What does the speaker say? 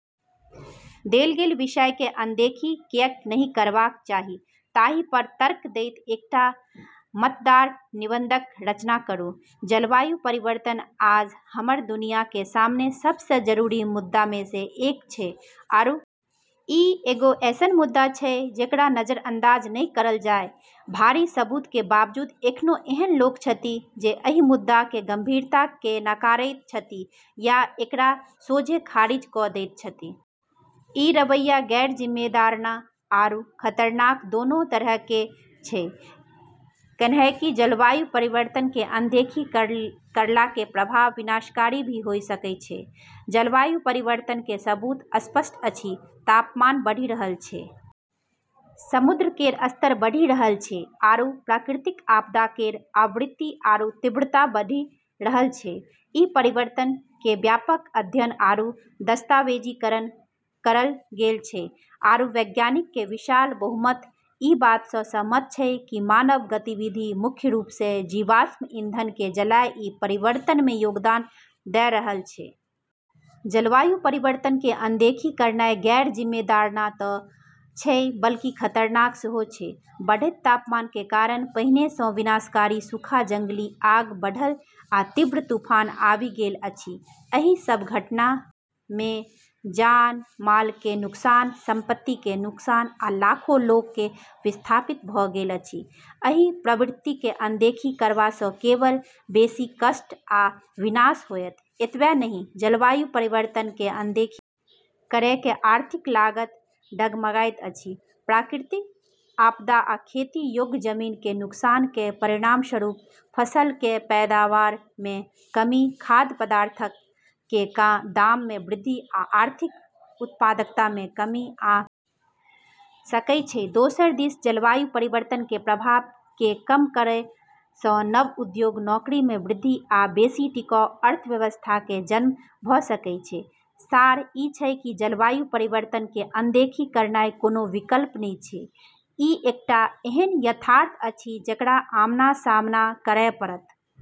देल गेल विषय के अनदेखी कियैक नहि करबाक चाही ताहि पर तर्क दैत एकटा मतदार निबंधक रचना करू, जलवायु परिवर्तन आज हमरऽ दुनिया के सामने सबसें जरुरी मुद्दा मे से एक छै आरू ई एगो ऐसनऽ मुद्दा छै जेकरा नजरअंदाज नै करलऽ जाय, भारी सबूत के बावजूद एखनो एहन लोक छथि जे एहि मुद्दा के गंभीरता के नकारैत छथि या एकरा सोझे खारिज क दैत छथि, ई रवैया गैर जिम्मेदाराना आरू खतरनाक दोनों तरह के छै, कैन्हेंकि जलवायु परिवर्तन के अनदेखी करला के प्रभाव विनाशकारी भी होय सकै छै, जलवायु परिवर्तन के सबूत स्पष्ट अछि, तापमान बढ़ी रहलऽ छै, समुद्र केरऽ स्तर बढ़ी रहलऽ छै आरू प्राकृतिक आपदा केरऽ आवृत्ति आरू तीव्रता बढ़ी रहलऽ छै, ई परिवर्तनऽ के व्यापक अध्ययन आरू दस्तावेजीकरण करलऽ गेलऽ छै आरू वैज्ञानिकऽ के विशाल बहुमत ई बात स॑ सहमत छै कि मानव गतिविधि मुख्य रूप से जीवाश्म ईंधन के जलाय ई परिवर्तन मे योगदान दै रहलऽ छै। जलवायु परिवर्तन के अनदेखी करनाय गैर जिम्मेदाराना त छै, बल्कि खतरनाक सेहो छै, बढ़ैत तापमान के कारण पहिने सं विनाशकारी सूखा, जंगली आग बढ़ल आ तीव्र तूफान आबि गेल अछि, एहि सब घटना मे जान-माल के नुकसान, संपत्ति के नुकसान आ लाखों लोक के विस्थापित भ गेल अछि, एहि प्रवृत्ति कै अनदेखी करबा स केवल बेसी कष्ट आ विनाश होएत, एतबे नहिं जलवायु परिवर्तन के अनदेखी करय के आर्थिक लागत डगमगाइत अछि, प्राकृतिक आपदा आ खेती योग्य जमीन कें नुकसान कें परिणामस्वरूप फसल कें पैदावार मे कमी, खाद्य पदार्थक कें दाम मे वृद्धि आ आर्थिक उत्पादकता मे कमी आ सकय छै, दोसर दिस जलवायु परिवर्तन कें प्रभाव कें कम करय सं नव उद्योग, नौकरी मे वृद्धि आ बेसि टिकाऊ अर्थव्यवस्था कें जन्म भ सकय छै, सार ई छै कि जलवायु परिवर्तन के अनदेखी करनाय कोनो विकल्प नै छै, ई एकटा एहन यथार्थ अछि जकरा आमना-सामना करय पड़त।